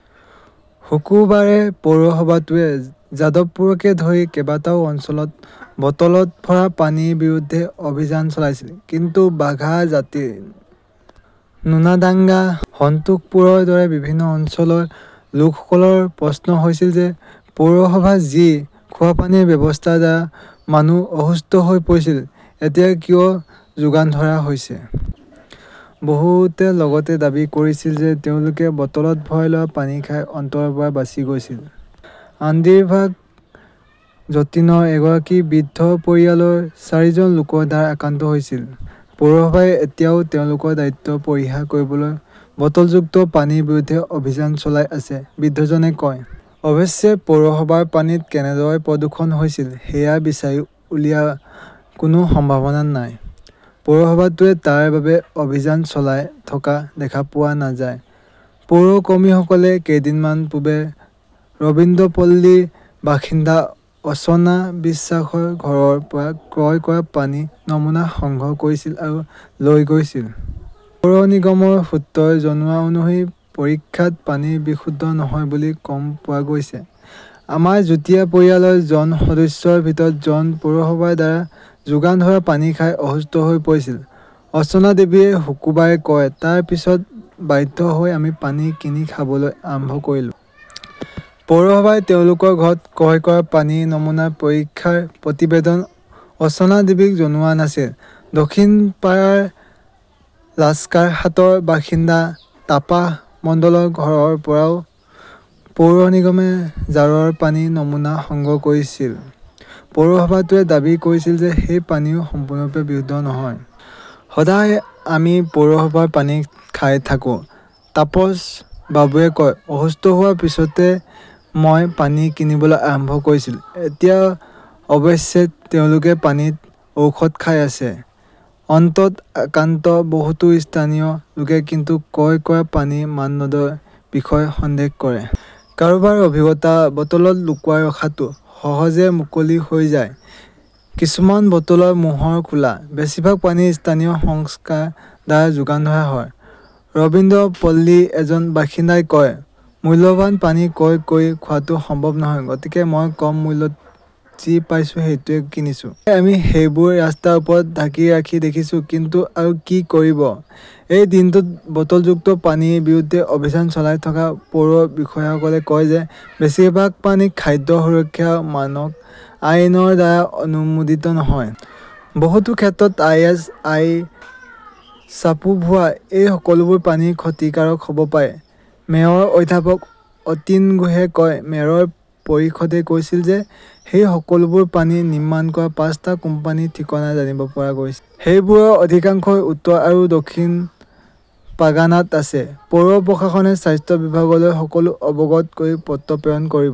শুকুৰবাৰে পৌৰসভাটোৱে যাদৱপুৰকে ধৰি কেইবাটাও অঞ্চলত বটলত ভৰা পানীৰ বিৰুদ্ধে অভিযান চলাইছিল। কিন্তু বাঘা জাটিন, নোনাডাংগা, সন্তোষপুৰৰ দৰে বিভিন্ন অঞ্চলৰ লোকসকলৰ প্ৰশ্ন হৈছে যে, পৌৰসভাৰ যি খোৱাপানীৰ ব্যৱস্থাৰ দ্বাৰা মানুহ অসুস্থ হৈ পৰিছিল, এতিয়াও কিয় যোগান ধৰা হৈছে? বহুতে লগতে দাবী কৰিছিল যে, তেওঁলোকে বটলত ভৰাই লোৱা পানী খাই অন্ত্ৰৰৰ পৰা বাচি গৈছিল। আন্দ্ৰী বাঘ জতিণৰ এগৰাকী বৃদ্ধৰ পৰিয়ালৰ চাৰিজন লোকৰ দ্বাৰা আক্ৰান্ত হৈছিল। "পৌৰসভাই এতিয়া তেওঁলোকৰ দায়িত্ব পৰিহাৰ কৰিবলৈ বটলযুক্ত পানীৰ বিৰুদ্ধে অভিযান চলাই আছে", বৃদ্ধজনে কয়। অৱশ্যে, পৌৰসভাৰ পানীত কেনেদৰে প্ৰদূষণ হৈছিল, সেয়া বিচাৰি উলিওৱাৰ কোনো সম্ভাৱনা নাই। পৌৰসভাটোৱেও তাৰ বাবে অভিযান চলাই থকা দেখা পোৱা নাযায়। পৌৰ কৰ্মীসকলে কেইদিনমান পূৰ্বে ৰবীন্দ্ৰপল্লীৰ বাসিন্দা অৰ্চনা বিশ্বাসৰ ঘৰৰ পৰা ক্ৰয় কৰা পানীৰ নমুনা সংগ্ৰহ কৰিছিল আৰু লৈ গৈছিল। পৌৰ নিগমৰ সূত্ৰই জনোৱা অনুসৰি পৰীক্ষাত পানী বিশুদ্ধ নহয় বুলি গম পোৱা গৈছে। "আমাৰ যুটীয়া পৰিয়ালৰ জন সদস্যৰ ভিতৰত জন পৌৰসভাৰ দ্বাৰা যোগান ধৰা পানী খাই অসুস্থ হৈ পৰিছিল", অৰ্চনা দেৱীয়ে শুকুৰবাৰে কয়, "তাৰ পিছত বাধ্য হৈ আমি পানী কিনি খাবলৈ আৰম্ভ কৰিলো। পৌৰসভাই তেওঁলোকৰ ঘৰত ক্ৰয় কৰা পানীৰ নমুনা পৰীক্ষাৰ প্ৰতিবেদন অৰ্চনা দেৱীক জনোৱা নাছিল। দক্ষিণপাৰা লাস্কাৰহাটৰ বাসিন্দা তাপাস মণ্ডলৰ ঘৰৰ পৰাও পৌৰ নিগমে জাৰৰ পানীৰ নমুনা সংগ্ৰহ কৰিছিল। পৌৰসভাটোৱে দাবী কৰিছিল যে, সেই পানীও সম্পূৰ্ণৰূপে "বিশুদ্ধ নহয়"। "সদায় আমি পৌৰসভাৰ পানী খাই থাকো", তাপছ বাবুৱে কয়, "অসুস্থ হোৱাৰ পিছতহে মই পানী কিনিবলৈ আৰম্ভ কৰিলোঁ"। এতিয়া অৱশ্যে তেওঁলোকে পানীত ঔষধ খাই আছে। অন্ত্ৰত আক্ৰান্ত বহুতো স্থানীয় লোকে কিন্তু ক্ৰয় কৰা পানীৰ মানদণ্ডৰ বিষয়েও সন্দেহ কৰে। কাৰোবাৰ অভিজ্ঞতা, বটলত লুকুৱাই ৰখাটো সহজে মুকলি হৈ যায়। কিছুমান বটলৰ মোহৰ খোলা। বেছিভাগ পানী ইস্থানীয় সংস্থাৰ দ্বাৰা যোগান ধৰা হয়। ৰবীন্দ্ৰপল্লীৰ এজন বাসিন্দাই কয়, "মূল্যৱান পানী ক্ৰয় কৰি খোৱাটো সম্ভৱ নহয়। গতিকে মই কম মূল্যত যি পাইছোঁ, সেইটো কিনিছোঁ। প্ৰায়ে আমি সেইবোৰ ৰাস্তাৰ ওপৰত ঢাকি ৰাখি দেখিছোঁ। কিন্তু আৰু কি কৰিব?"। এই দিনটোত বটলযুক্ত পানীৰ বিৰুদ্ধে অভিযান চলাই থকা পৌৰ বিষয়াসকলে কয় যে, বেছিভাগ পানী "খাদ্য সুৰক্ষা আৰু মানক আইন" ৰ দ্বাৰা অনুমোদিত নহয়। বহুতো ক্ষেত্ৰত আই. এছ. আই. ৰ ছাপো ভুৱা। "এই সকলোবোৰ পানী ক্ষতিকাৰক হব পাৰে", মেয়ৰ অধ্যাপক অতীন ঘোষে কয়। মেয়ৰ পৰিষদে কৈছিল যে, সেই সকলোবোৰ পানী নিৰ্মাণ কৰা পাঁচটা কোম্পানীৰ ঠিকনা জানিব পৰা গৈছে। সেইবোৰৰ অধিকাংশই উত্তৰ আৰু দক্ষিণ পৰ্গানাত আছে। পৌৰ প্ৰশাসনে স্বাস্থ্য বিভাগলৈ সকলো অৱগত কৰি পত্ৰ প্ৰেৰণ কৰিব।